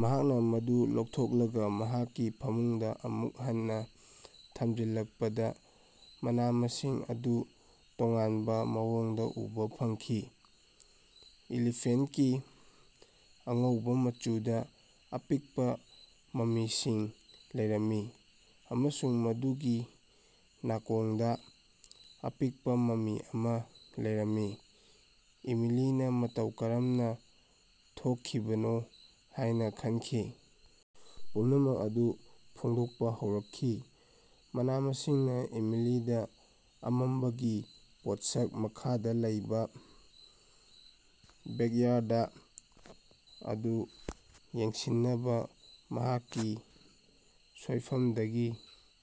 ꯃꯍꯥꯛꯅ ꯃꯗꯨ ꯂꯧꯊꯣꯛꯂꯒ ꯃꯍꯥꯛꯀꯤ ꯐꯃꯨꯡꯗ ꯑꯃꯨꯛ ꯍꯟꯅ ꯊꯝꯖꯤꯜꯂꯛꯄꯗ ꯃꯅꯥ-ꯃꯁꯤꯡ ꯑꯗꯨ ꯇꯣꯉꯥꯟꯕ ꯃꯑꯣꯡꯗ ꯎꯕ ꯐꯪꯈꯤ꯫ ꯏꯂꯤꯐꯦꯟꯇꯀꯤ ꯑꯉꯧꯕ ꯃꯆꯨꯗ ꯑꯄꯤꯛꯄ ꯃꯃꯤꯁꯤꯡ ꯂꯩꯔꯝꯃꯤ ꯑꯃꯁꯨꯡ ꯃꯗꯨꯒꯤ ꯅꯥꯀꯣꯡꯗ ꯑꯄꯤꯛꯄ ꯃꯃꯤ ꯑꯃ ꯂꯩꯔꯝꯃꯤ꯫ ꯏꯃꯤꯂꯤꯅ ꯃꯇꯧ ꯀꯔꯝꯅ ꯊꯣꯛꯈꯤꯕꯅꯣ ꯍꯥꯏꯅ ꯈꯟꯈꯤ꯫ ꯄꯨꯝꯅꯃꯛ ꯑꯗꯨ ꯐꯣꯡꯗꯣꯛꯄ ꯍꯧꯔꯛꯈꯤ꯫ꯃꯅꯥ-ꯃꯁꯤꯡꯅ ꯏꯃꯤꯂꯤꯗꯥ ꯑꯃꯝꯕꯒꯤ ꯄꯣꯠꯁꯛ ꯃꯈꯥꯗ ꯂꯩꯕ ꯕꯦꯛꯌꯥꯔꯗ ꯑꯗꯨ ꯌꯦꯡꯁꯤꯟꯅꯕ ꯃꯍꯥꯛꯀꯤ ꯁꯣꯏꯐꯝꯗꯒꯤ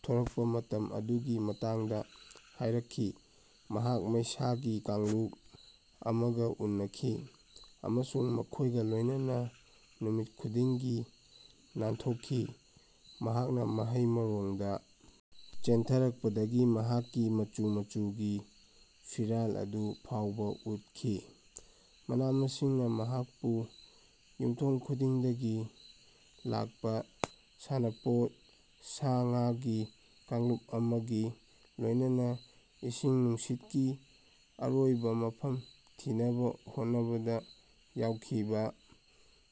ꯊꯣꯔꯛꯄꯥ ꯃꯇꯝ ꯑꯗꯨꯒꯤ ꯃꯇꯥꯡꯗꯥ ꯍꯥꯏꯔꯛꯈꯤ꯫ ꯃꯍꯥꯛ ꯃꯩꯁꯥꯒꯤ ꯀꯥꯡꯂꯨꯞ ꯑꯃꯒꯥ ꯎꯅꯈꯤ ꯑꯃꯁꯨꯡ ꯃꯈꯣꯏꯒ ꯂꯣꯏꯅꯅ ꯅꯨꯃꯤꯠ ꯈꯨꯗꯤꯡꯒꯤ ꯅꯥꯟꯊꯣꯛꯈꯤ꯫ ꯃꯍꯥꯛꯅꯥ ꯃꯍꯩ ꯃꯔꯣꯡꯗ ꯆꯦꯟꯊꯔꯛꯄꯗꯒꯤ ꯃꯍꯥꯛꯀꯤ ꯃꯆꯨ - ꯃꯆꯨꯒꯤ ꯐꯤꯔꯥꯜ ꯑꯗꯨ ꯐꯥꯎꯕꯥ ꯎꯠꯈꯤ꯫ ꯃꯅꯥ-ꯃꯁꯤꯡꯅ ꯃꯍꯥꯛꯄꯨ ꯌꯨꯝꯊꯣꯡ ꯈꯨꯗꯤꯡꯗꯒꯤ ꯂꯥꯛꯄꯥ ꯁꯥꯟꯅꯄꯣꯠ ꯁꯥ-ꯉꯥꯒꯤ ꯀꯥꯡꯂꯨꯞ ꯑꯃꯒꯤ ꯂꯣꯏꯅꯅ ꯏꯁꯤꯡ ꯅꯨꯡꯁꯤꯠꯀꯤ ꯑꯔꯣꯏꯕ ꯃꯐꯝ ꯊꯤꯅꯕ ꯍꯣꯠꯅꯕꯗ ꯌꯥꯎꯈꯤꯕ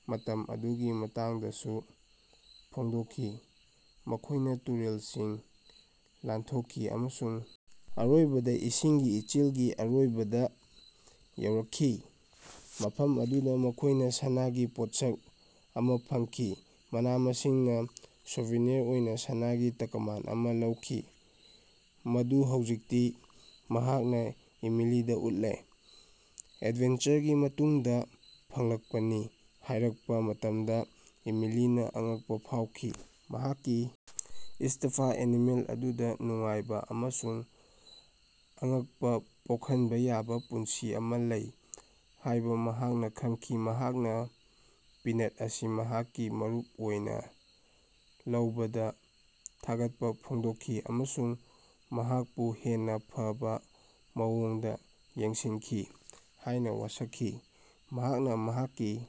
ꯃꯇꯝ ꯑꯗꯨꯒꯤ ꯃꯇꯥꯡꯗꯁꯨ ꯐꯣꯡꯗꯣꯛꯈꯤ꯫ꯃꯈꯣꯏꯅꯥ ꯇꯨꯔꯦꯜꯁꯤꯡ ꯂꯥꯟꯊꯣꯛꯈꯤ, ꯑꯃꯁꯨꯡ ꯑꯔꯣꯏꯕꯗ ꯏꯁꯤꯡꯒꯤ ꯏꯆꯦꯜꯒꯤ ꯑꯔꯣꯏꯕꯗꯥ ꯌꯧꯔꯛꯈꯤ, ꯃꯐꯝ ꯑꯗꯨꯗꯥ ꯃꯈꯣꯏꯅ ꯁꯅꯥꯒꯤ ꯄꯣꯠꯁꯛ ꯑꯃ ꯐꯪꯈꯤ꯫ ꯃꯅꯥ-ꯃꯁꯤꯡꯅ ꯁꯣꯚꯦꯅꯤꯌꯔ ꯑꯣꯏꯅ ꯁꯅꯥꯒꯤ ꯇꯛꯃꯥꯟ ꯑꯃꯥ ꯂꯧꯈꯤ, ꯃꯗꯨ ꯍꯧꯖꯤꯛꯇꯤ ꯃꯍꯥꯛꯅ ꯏꯃꯤꯂꯤꯗ ꯎꯠꯂꯦ꯫ ꯑꯦꯗꯚꯦꯟꯆꯔꯒꯤ ꯃꯇꯨꯡꯗꯥ ꯐꯪꯂꯛꯄꯅꯤ ꯍꯥꯏꯔꯛꯄ ꯃꯇꯝꯗ ꯏꯃꯤꯂꯤꯅ ꯑꯉꯛꯄ ꯐꯥꯎꯈꯤ꯫ ꯃꯍꯥꯛꯀꯤ ꯁ꯭ꯇꯐ ꯑꯦꯅꯤꯃꯦꯜ ꯑꯗꯨꯗ ꯅꯨꯡꯉꯥꯏꯕ ꯑꯃꯁꯨꯡ ꯑꯉꯛꯄꯥ ꯄꯣꯛꯍꯟꯕ ꯌꯥꯕ ꯄꯨꯟꯁꯤ ꯑꯃ ꯂꯩ ꯍꯥꯏꯕ ꯃꯍꯥꯛꯅ ꯈꯪꯈꯤ꯫ ꯃꯍꯥꯛꯅ ꯄꯤꯅꯠ ꯑꯁꯤ ꯃꯍꯥꯛꯀꯤ ꯃꯔꯨꯞ ꯑꯣꯏꯅ ꯂꯧꯕꯗ ꯊꯥꯒꯠꯄ ꯐꯣꯡꯗꯣꯛꯈꯤ ꯑꯃꯁꯨꯡ ꯃꯍꯥꯛꯄꯨ ꯍꯦꯟꯅꯥ ꯐꯕꯥ ꯃꯑꯣꯡꯗꯥ ꯌꯦꯡꯁꯤꯟꯅꯤ ꯍꯥꯏꯅ ꯋꯥꯁꯛꯈꯤ, ꯃꯍꯥꯛꯅ ꯃꯍꯥꯛꯀꯤ